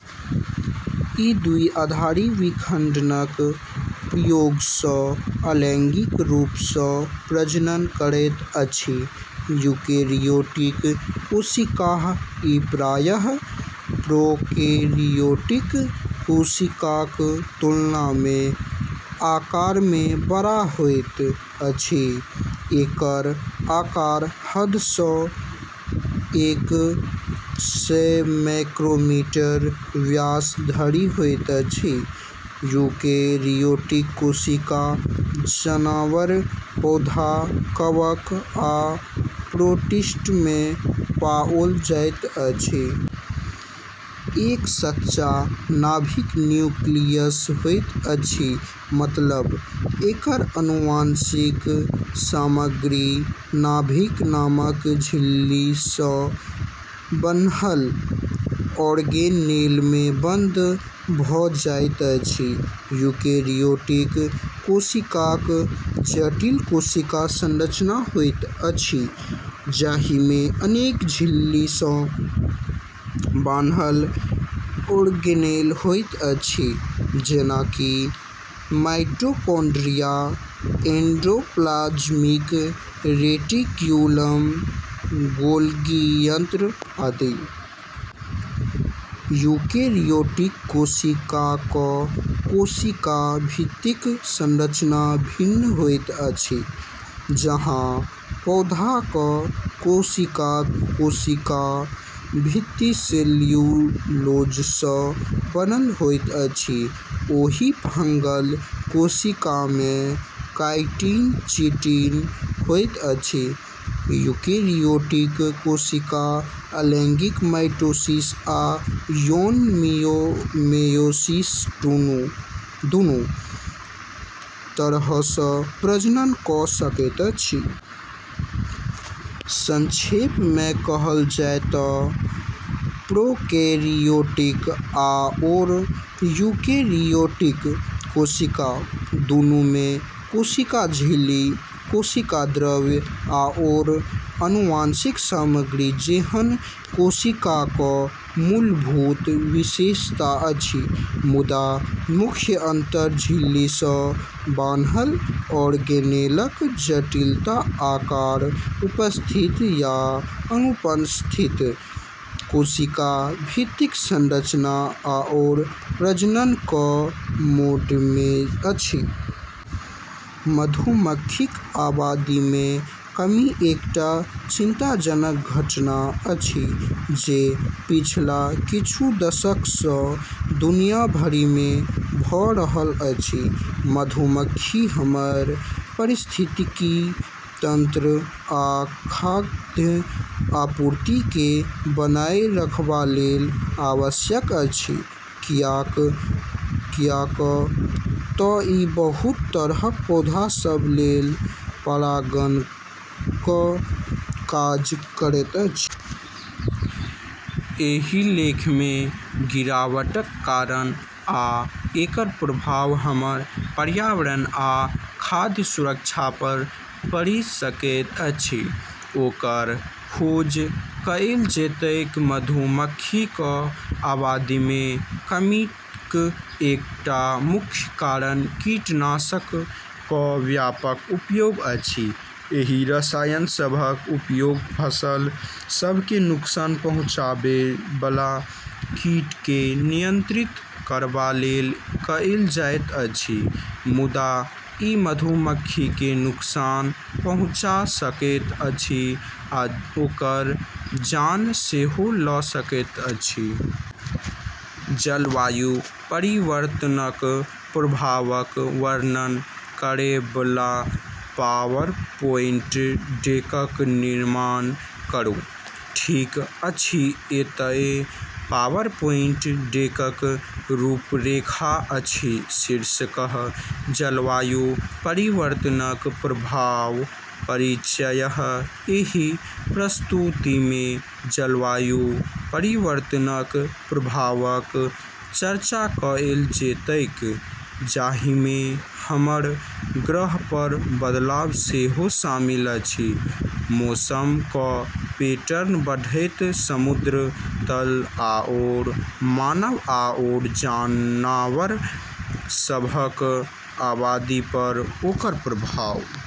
ई द्विआधारी विखंडनक प्रयोगसँ अलैंगिक रूपसँ प्रजनन करैत अछि। यूकेरियोटिक कोशिका: ई प्रायः प्रोकैरियोटिक कोशिकाक तुलनामे आकारमे बड़ होइत अछि। एकर आकार दससँ एक सय माइक्रोमीटर व्यास धरि होइत अछि। यूकेरियोटिक कोशिका जनावर, पौधा, कवक, आ प्रोटिस्टमे पाओल जाइत अछि। एकर सच्चा नाभिक न्यूक्लियस होइत अछि, मतलब एकर आनुवंशिक सामग्री नाभिक नामक झिल्लीसँ बान्हल ऑर्गेनेलमे बंद भऽ जाइत अछि। यूकेरियोटिक कोशिकाक जटिल कोशिका संरचना होइत अछि जाहिमे अनेक झिल्लीसँ बान्हल ऑर्गेनेल होइत अछि जेना कि माइटोकॉन्ड्रिया, एंडोप्लाज्मिक रेटिक्युलम, गोल्गी यंत्र आदि। यूकेरियोटिक कोशिकाक कोशिका भित्तिक संरचना भिन्न होइत अछि। जहाँ पौधाक कोशिकाक कोशिका भित्ति सेल्यूलोजसँ बनल होइत अछि, ओही फंगल कोशिकामे काइटिन चिटिन होइत अछि। यूकेरियोटिक कोशिका अलैंगिक माइटोसिस आ यौन मेयोसिस दुनू तरहसँ प्रजनन कऽ सकैत अछि। संक्षेपमे कहल जाय तँ प्रोकैरियोटिक आओर यूकेरियोटिक कोशिका दूनूमे कोशिका झिल्ली, कोशिका द्रव्य, आओर आनुवंशिक सामग्री जेहन कोशिकाक मूलभूत विशेषता अछि, मुदा मुख्य अंतर झिल्लीसँ बान्हल ऑर्गेनेलक जटिलता, आकार, उपस्थिति या अनुपस्थिति, कोशिका भित्तिक संरचना आओर प्रजननक मोडमे अछि। मधुमक्खीक आबादीमे कमी एकटा चिंताजनक घटना अछि जे पिछला किछु दशकसँ दुनिया भरिमे भऽ रहल अछि। मधुमक्खी हमर पारिस्थितिकी तंत्र आ खाद्य आपूर्तिकेँ बनाए रखबा लेल आवश्यक अछि, कियाक तँ ई बहुत तरहक पौधा सभ लेल परागणकक काज करैत अछि। एहि लेखमे गिरावटक कारण आ एकर प्रभाव हमर पर्यावरण आ खाद्य सुरक्षा पर पड़ि सकैत अछि, ओकर खोज कएल जेतैक। मधुमक्खीक आबादीमे कमीक एकटा मुख्य कारण कीटनाशकक व्यापक उपयोग अछि। एहि रसायन सभक उपयोग फसल सभकेँ नुकसान पहुँचाबैबला कीटकेँ नियंत्रित करबा लेल कएल जाइत अछि, मुदा ई मधुमक्खीकेँ नुकसान पहुँचा सकैत अछि आ ओकर जान सेहो लऽ सकैत अछि। जलवायु परिवर्तनक प्रभावक वर्णन करैबला पावरपोइन्ट डेकक निर्माण करू। ठीक अछि, एतए पावरपोइन्ट डेकक रूपरेखा अछि: शीर्षक: जलवायु परिवर्तनक प्रभाव परिचय: एहि प्रस्तुतिमे जलवायु परिवर्तनक प्रभावक चर्चा कएल जेतैक, जाहिमे हमर ग्रह पर बदलाव सेहो शामिल अछि - मौसमक पैटर्न, बढ़ैत समुद्र तल, आओर मानव आओर जनावर सभक आबादी पर ओकर प्रभाव।